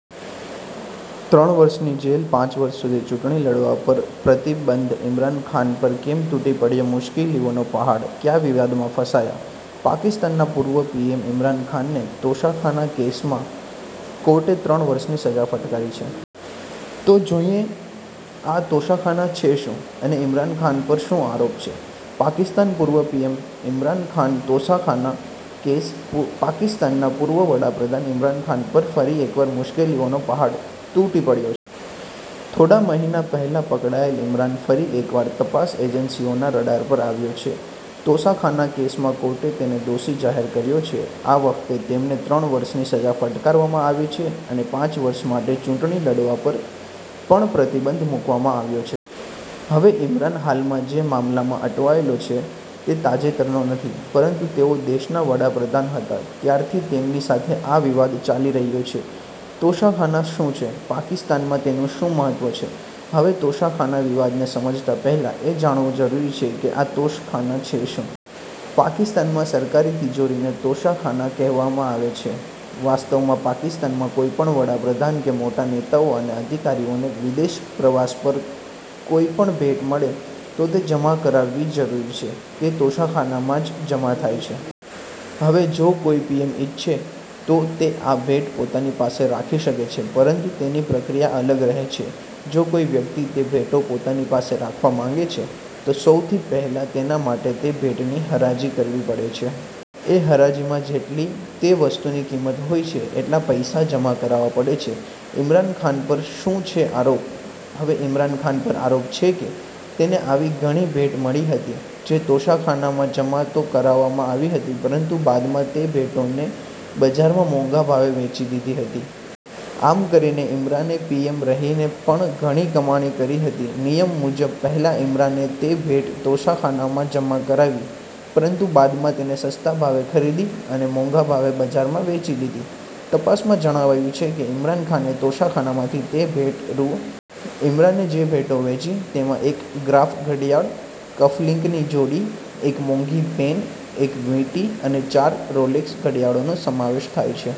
ત્રણ વર્ષની જેલ, પાંચ વર્ષ સુધી ચૂંટણી લડવા પર પ્રતિબંધ ઈમરાન ખાન પર કેમ તૂટી પડ્યો મુશ્કેલીઓનો પહાડ, કયા વિવાદમાં ફસાયા? પાકિસ્તાનના પૂર્વ પીએમ ઈમરાન ખાનને તોશાખાના કેસ માં કોર્ટે ત્રણ વર્ષની સજા ફટકારી છે. તો જોઈએ આ તોશાખાના છે શું? અને ઈમરાન ખાન પર શું આરોપ છે? પાકિસ્તાન પૂર્વ પીએમ ઈમરાન ખાન તોષાખાના કેસ પાકિસ્તાનના પૂર્વ વડાપ્રધાન ઈમરાન ખાન પર ફરી એકવાર મુશ્કેલીઓનો પહાડ તૂટી પડ્યો છે. થોડા મહિના પહેલા પકડાયેલ ઈમરાન ફરી એકવાર તપાસ એજન્સીઓના રડાર પર આવ્યો છે. તોષાખાના કેસમાં કોર્ટે તેને દોષિત જાહેર કર્યો છે. આ વખતે તેમને ત્રણ વર્ષની સજા ફટકારવામાં આવી છે અને પાંચ વર્ષ માટે ચૂંટણી લડવા પર પણ પ્રતિબંધ મુકવામાં આવ્યો છે. હવે ઈમરાન હાલમાં જે મામલામાં અટવાયેલો છે તે તાજેતરનો નથી, પરંતુ તેઓ દેશના વડાપ્રધાન હતા ત્યારથી તેમની સાથે આ વિવાદ ચાલી રહ્યો છે. તોશાખાના શું છે, પાકિસ્તાનમાં તેનું શું મહત્વ છે? હવે તોશાખાના વિવાદને સમજતા પહેલા એ જાણવું જરૂરી છે કે, આ તોશખાના છે શું? પાકિસ્તાનમાં સરકારી તિજોરીને તોશાખાના કહેવામાં આવે છે. વાસ્તવમાં પાકિસ્તાનમાં કોઈ પણ વડાપ્રધાન કે મોટા નેતાઓ અને અધિકારીઓને વિદેશ પ્રવાસ પર કોઈ પણ ભેટ મળે તો તે જમા કરાવવી જરૂરી છે. તે તોશાખાનામાં જ જમા થાય છે. હવે જો કોઈ પીએમ ઈચ્છે તો તે આ ભેટ પોતાની પાસે રાખી શકે છે. પરંતુ તેની પ્રક્રિયા અલગ રહે છે. જો કોઈ વ્યક્તિ તે ભેટો પોતાની પાસે રાખવા માંગે છે, તો સૌથી પહેલા તેના માટે તે ભેટની હરાજી કરવી પડે છે. એ હરાજીમાં જેટલી તે વસ્તુની કિંમત હોય છે, એટલા પૈસા જમા કરાવવા પડે છે. ઈમરાન ખાન પર શું છે આરોપ? હવે ઈમરાન ખાન પર આરોપ છે કે, તેને આવી ઘણી ભેટ મળી હતી, જે તોશાખાનામાં જમા તો કરવામાં આવી હતી, પરંતુ બાદમાં તે ભેટોને બજારમાં મોંઘા ભાવે વેચી દીધી હતી. આમ કરીને ઈમરાને પીએમ રહીને પણ ઘણી કમાણી કરી હતી. નિયમ મુજબ, પહેલા ઇમરાને તે ભેટ તોષાખાનામાં જમા કરાવી, પરંતુ બાદમાં તેને સસ્તા ભાવે ખરીદી અને મોંઘા ભાવે બજારમાં વેચી દીધી. તપાસમાં જણાવાયું છે કે, ઈમરાન ખાને તોશાખાનામાંથી તે ભેટ રૂ. ઈમરાને જે ભેટો વેચી તેમાં એક ગ્રાફ ઘડિયાળ, કફલિંકની જોડી, એક મોંઘી પેન, એક વીંટી અને ચાર રોલેક્સ ઘડિયાળોનો સમાવેશ થાય છે.